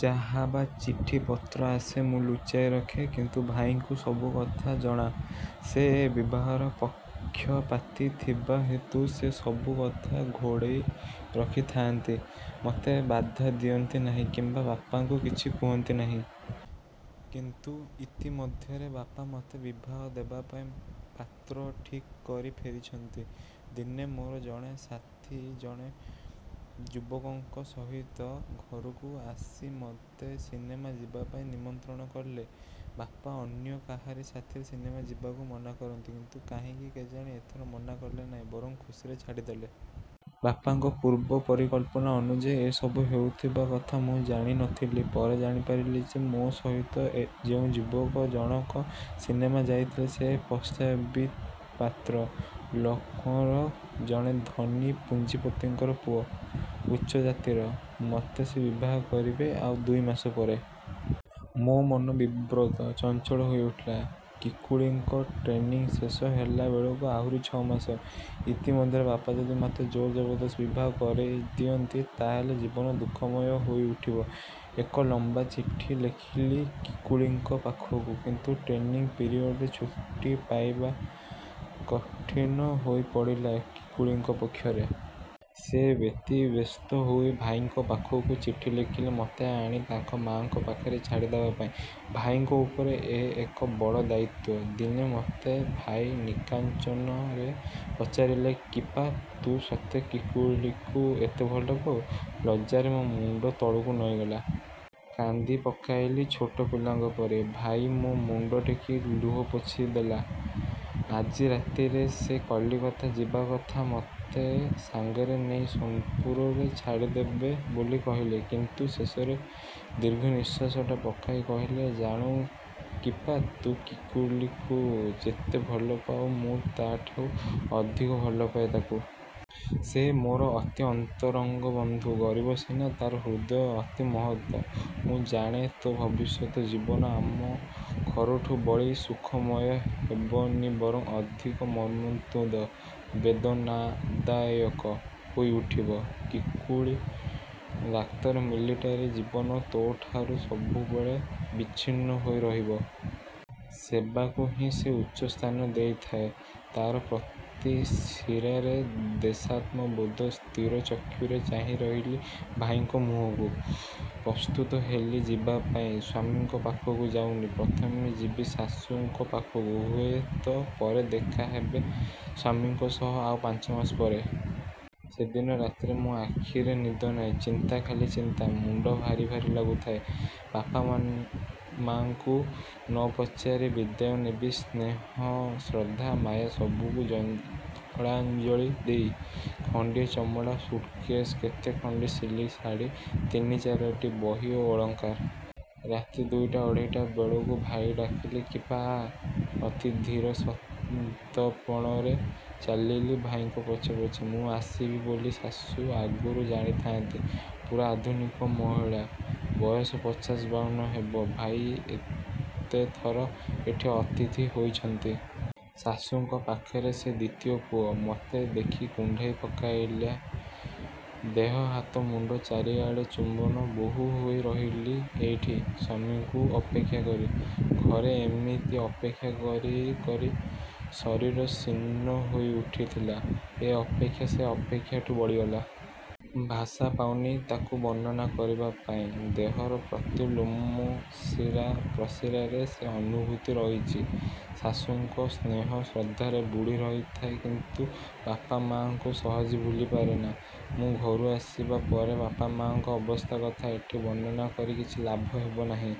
ଯାହା ବା ଚିଠିପତ୍ର ଆସେ ମୁଁ ଲୁଚାଇ ରଖେ। କିନ୍ତୁ ଭାଇଙ୍କୁ ସବୁ କଥା ଜଣା। ସେ ଏ ବିବାହର ପକ୍ଷପାତି ଥିବା ହେତୁ ସେ ସବୁ କଥା ଘୋଡ଼େଇ ରଖି ଥାଆନ୍ତି। ମତେ ବାଧା ଦିଅନ୍ତି ନାହିଁ କିମ୍ବା ବାପାଙ୍କୁ କିଛି କୁହନ୍ତି ନାହିଁ। କିନ୍ତୁ ଇତିମଧ୍ୟରେ ବାପା ମତେ ବିବାହ ଦେବାପାଇଁ ପାତ୍ର ଠିକ୍ କରି ଫେରିଛନ୍ତି। ଦିନେ ମୋର ଜଣେ ସାଥି ଜଣେ ଯୁବକଙ୍କ ସହିତ ଘରକୁ ଆସି ମତେ ସିନେମା ଯିବାପାଇଁ ନିମନ୍ତ୍ରଣ କଲେ। ବାପା ଅନ୍ୟ କାହାରି ସାଥିରେ ସିନେମା ଯିବାକୁ ମନା କରନ୍ତି। କିନ୍ତୁ କାହିଁକି କେଜାଣି ଏଥର ମନା କଲେ ନାହିଁ, ବରଂ ଖୁସିରେ ଛାଡ଼ିଦେଲେ। ବାପାଙ୍କ ପୂର୍ବ ପରିକଳ୍ପନା ଅନୁଯାୟୀ ଏସବୁ ହେଉଥିବା କଥା ମୁଁ ଜାଣି ନ ଥିଲି। ପରେ ଜାଣିପାରିଲି ଯେ, ମୋ ସହିତ ଏ ଯେଉଁ ଯୁବକ ଜଣକ ସିନେମା ଯାଇଥିଲେ ସେ ପ୍ରସ୍ତାବିତ ପାତ୍ର। ଲକ୍ଷ୍ନୌର ଜଣେ ଧନୀ ପୁଞ୍ଜିପତିଙ୍କର ପୁଅ। ଉଚ୍ଚ ଜାତିର। ମତେ ସେ ବିବାହ କରିବେ ଆଉ ଦୁଇ ମାସ ପରେ। ମୋ ମନ ବିବ୍ରତ, ଚଞ୍ଚଳ ହୋଇ ଉଠିଲା। କିକୁଲିଙ୍କ ଟ୍ରେନିଂ ଶେଷ ହେଲା ବେଳକୁ ଆହୁରି ଛ'ମାସ। ଇତିମଧ୍ୟରେ ବାପା ଯଦି ମତେ ଜୋର ଜବରଦସ୍ତି ବିବାହ କରାଇ ଦିଅନ୍ତି ତାହାଲେ ଜୀବନ ଦୁଃଖମୟ ହୋଇ ଉଠିବ। ଏକ ଲମ୍ୱା ଚିଠି ଲେଖିଲି କିକୁଲିଙ୍କ ପାଖକୁ କିନ୍ତୁ ଟ୍ରେନିଂ ପିରିଅଡ଼ରେ ଛୁଟି ପାଇବା କଠିନ ହୋଇ ପଡ଼ିଲା କିକୁଲିଙ୍କ ପକ୍ଷରେ। ସେ ବ୍ୟତିବ୍ୟସ୍ତ ହୋଇ ଭାଇଙ୍କ ପାଖକୁ ଚିଠି ଲେଖିଲେ ମତେ ଆଣି ତାଙ୍କ ମା'ଙ୍କ ପାଖରେ ଛାଡ଼ି ଦେବାପାଇଁ। ଭାଇଙ୍କ ଉପରେ ଏ ଏକ ବଡ଼ ଦାୟିତ୍ୱ। ଦିନେ ମତେ ଭାଇ ନିକାଞ୍ଚନରେ ପଚାରିଲେ, କିପା, ତୁ ସତେ କିକୁଲିକୁ ଏତେ ଭଲପାଉ? ଲଜ୍ଜାରେ ମୋ ମୁଣ୍ଡ ତଳକୁ ନଇଁଗଲା। କାନ୍ଦି ପକାଇଲି ଛୋଟ ପିଲାଙ୍କ ପରି। ଭାଇ ମୋ ମୁଣ୍ଡ ଟେକି ଲୁହ ପୋଛି ଦେଲେ। ଆଜି ରାତିରେ ସେ କଲିକତା ଯିବା କଥା। ମତେ ସାଙ୍ଗରେ ନେଇ ସୋନାପୁରରେ ଛାଡ଼ିଦେବେ ବୋଲି କହିଲେ। କିନ୍ତୁ ଶେଷରେ ଦୀର୍ଘ ନିଃଶ୍ୱାସଟା ପକାଇ କହିଲେ ଜାଣୁ କିପା, ତୁ କିକୁଲିକୁ ଯେତେ ଭଲପାଉ ମୁଁ ତାଠୁ ଅଧିକ ଭଲପାଏ ତାକୁ। ସେ ମୋର ଅତି ଅନ୍ତରଙ୍ଗ ବନ୍ଧୁ। ଗରିବ ସିନା। ତାର ହୃଦୟ ଅତି ମହତ୍। ମୁଁ ଜାଣେ ତୋ ଭବିଷ୍ୟତ ଜୀବନ ଆମ ଘରଠୁ ବଳି ସୁଖମୟ ହେବ ନି ବରଂ ଅଧିକ ମର୍ମନ୍ତୁଦ, ବେଦନାଦାୟକ ହୋଇଉଠିବ। କିକୁଲି ଡାକ୍ତର ମିଲଟାରୀ ଜୀବନ ତୋଠାରୁ ସବୁବେଳେ ବିଚ୍ଛିନ୍ନ ହୋଇ ରହିବ। ସେବାକୁ ହିଁ ସେ ଉଚ୍ଚସ୍ଥାନ ଦେଇଥାଏ। ତାର ପ୍ରତି ଶିରାରେ ଦେଶାତ୍ମବୋଧ। ସ୍ଥିର ଚକ୍ଷୁରେ ଚାହିଁ ରହିଲି ଭାଇଙ୍କ ମୁହଁକୁ। ପ୍ରସ୍ତୁତ ହେଲି ଯିବାପାଇଁ ସ୍ୱାମୀଙ୍କ ପାଖକୁ ଯାଉନି, ପ୍ରଥମେ ଯିବି ଶାଶୁଙ୍କ ପାଖକୁ। ହୁଏତ ପରେ ଦେଖା ହେବେ ସ୍ୱାମୀଙ୍କ ସହ ଆଉ ପାଞ୍ଚ ମାସ ପରେ। ସେଦିନ ରାତିରେ ମୋ ଆଖିରେ ନିଦ ନାହିଁ। ଚିନ୍ତା ଖାଲି ଚିନ୍ତା। ମୁଣ୍ଡ ଭାରି ଭାରି ଲାଗୁଥାଏ। ବାପମାଆଙ୍କୁ ନ ପଚାରି ବିଦାୟ ନେବି ସ୍ନେହ, ଶ୍ରଦ୍ଧା, ମାୟା ସବୁକୁ ଜଳାଞ୍ଜଳି ଦେଇ। ଖଣ୍ଡିଏ ଚମଡ଼ା ସୁଟକେଶ୍, କେତେ ଖଣ୍ଡି ସିଲ୍କ ଶାଢ଼ି, ତିନି ଚାରିଟି ବହି ଓ ଅଳଙ୍କାର। ରାତି ଦୁଇଟା ଅଢ଼େଇଟା ବେଳକୁ ଭାଇ ଡାକିଲେ କିପା ଆ। ଅତି ଧୀର ସଂତର୍ପଣରେ ଚାଲିଲି ଭାଇଙ୍କ ପଛେ ପଛେ। ମୁଁ ଆସିବି ବୋଲି ଶାଶୁ ଆଗରୁ ଜାଣି ଥାଆନ୍ତି। ପୁରା ଆଧୁନିକା ମହିଳା। ବୟସ ପଚାଶ ବାଉନ ହେବ। ଭାଇ କେତେଥର ଏଠି ଅତିଥି ହୋଇଛନ୍ତି। ଶାଶୁଙ୍କ ପାଖରେ ସେ ଦ୍ୱିତୀୟ ପୁଅ। ମତେ ଦେଖି କୁଣ୍ଢାଇ ପକାଇଲେ ଦେହ, ହାତ, ମୁଣ୍ଡ ଚାରିଆଡ଼େ ଚୁମ୍ବନ। ବୋହୂ ହୋଇ ରହିଲି ଏଇଠି ସ୍ୱାମୀଙ୍କୁ ଅପେକ୍ଷା କରି। ଘରେ ଏମିତି ଅପେକ୍ଷା କରି କରି ଶରୀର ଶୀର୍ଣ୍ଣ ହୋଇ ଉଠିଥିଲା। ଏ ଅପେକ୍ଷା ସେ ଅପେକ୍ଷାଠୁ ବଳିଗଲା। ଭାଷା ପାଉନି ତାକୁ ବର୍ଣ୍ଣନା କରିବା ପାଇଁ। ଦେହର ପ୍ରତି ଲୋମ ଶିରା ପ୍ରଶିରାରେ ସେ ଅନୁଭୂତି ରହିଚି। ଶାଶୁଙ୍କ ସ୍ନେହ ଶ୍ରଦ୍ଧାରେ ବୁଡ଼ି ରହିଥାଏ କିନ୍ତୁ ବାପାମାଆଙ୍କୁ ସହଜେ ଭୁଲି ପାରେନା। ମୁଁ ଘରୁ ଆସିବା ପରେ ବାପାମାଆଙ୍କ ଅବସ୍ଥା କଥା ଏଠି ବର୍ଣ୍ଣନା କରି କିଛି ଲାଭ ହେବ ନାହିଁ।